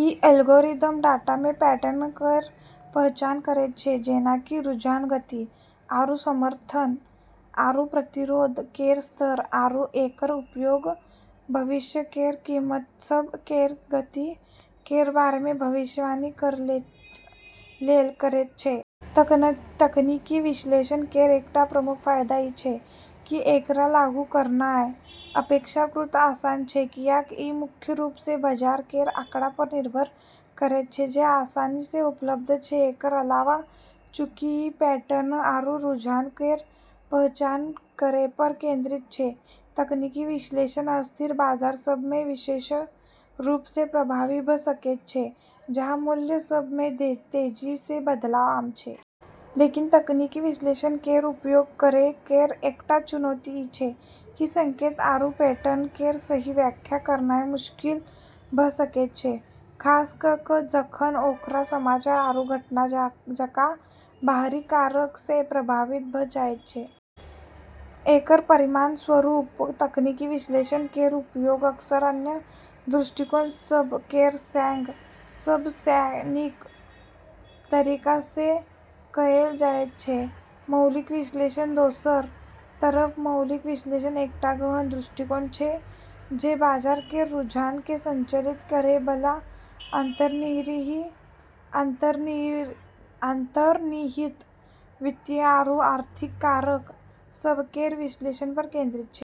ई algorithm data मे pattern केर पहचान करैत छै, जेना कि रुझान, गति, आरू समर्थन आरू प्रतिरोध केर स्तर, आरू एकर उपयोग भविष्य केर कीमत सभ केर गति केर बारे मे भविष्यवाणी करै लेल करैत छै। तकनीकी विश्लेषण केर एकटा प्रमुख फायदा ई छै कि एकरा लागू करनाय अपेक्षाकृत आसान छै, कियाक ई मुख्य रूप सँ बाजार केर आँकड़ा पर निर्भर करैत छै जे आसानी सँ उपलब्ध छै। एकर अलावा, चूंकि ई पैटर्न आरू रुझान केर पहचान करै पर केंद्रित छै, तकनीकी विश्लेषण अस्थिर बाजार सभ मे विशेष रूप सँ प्रभावी भऽ सकैत छै, जहाँ मूल्य सभ मे तेजी सँ बदलाव आम छै। लेकिन तकनीकी विश्लेषण केर उपयोग करै केर एकटा चुनौती ई छै कि संकेत आरू पैटर्न केर सही व्याख्या करनाय मुश्किल भऽ सकैत छै, खास कऽ कऽ जखन ओकरा समाचार आरू घटना जकाँ बाहरी कारक सँ प्रभावित भऽ जाइत छै। एकर परिणामस्वरूप तकनीकी विश्लेषण केर उपयोग अक्सर अन्य दृष्टिकोण सभ केर सँग सब सँ नीक तरीका सँ कएल जाइत छै। मौलिक विश्लेषण दोसर तरफ मौलिक विश्लेषण एकटा एहन दृष्टिकोण छै जे बाजार केर रुझान केँ संचालित करै बला अंतर्निहित वित्तीय आरू आर्थिक कारक सभ केर विश्लेषण पर केंद्रित छै।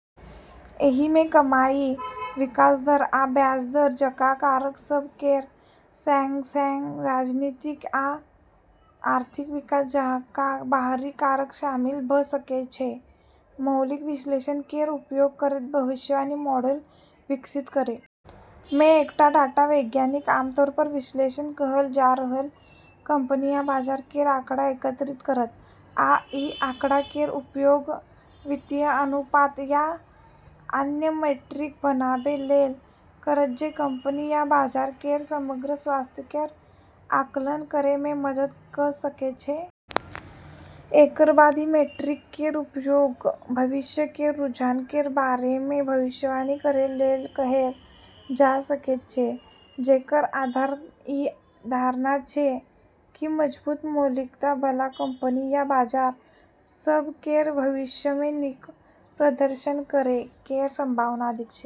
एहि मे कमाई, विकास दर, आ ब्याज दर जकाँ कारक सभ केर सँग-सँग राजनीतिक आ आर्थिक विकास जकाँ बाहरी कारक शामिल भऽ सकैत छै। मौलिक विश्लेषण केर उपयोग करैत भविष्यवाणी मॉडल विकसित करै मे, एकटा डाटा वैज्ञानिक आम तौर पर विश्लेषण कएल जा रहल कंपनी या बाजार केर आँकड़ा एकत्रित करत, आ ई आँकड़ा केर उपयोग वित्तीय अनुपात आ अन्य मीट्रिक बनाबै लेल करत जे कंपनी या बाजार केर समग्र स्वास्थ्य केर आकलन करै मे मदद कऽ सकैत छै। एकर बाद ई मीट्रिक केर उपयोग भविष्य केर रुझान केर बारे मे भविष्यवाणी करै लेल कएल जा सकैत छै, जेकर आधार ई धारणा छै कि मजबूत मौलिकता बला कंपनी या बाजार सभ केर भविष्य मे नीक प्रदर्शन करै केर संभावना अधिक छै।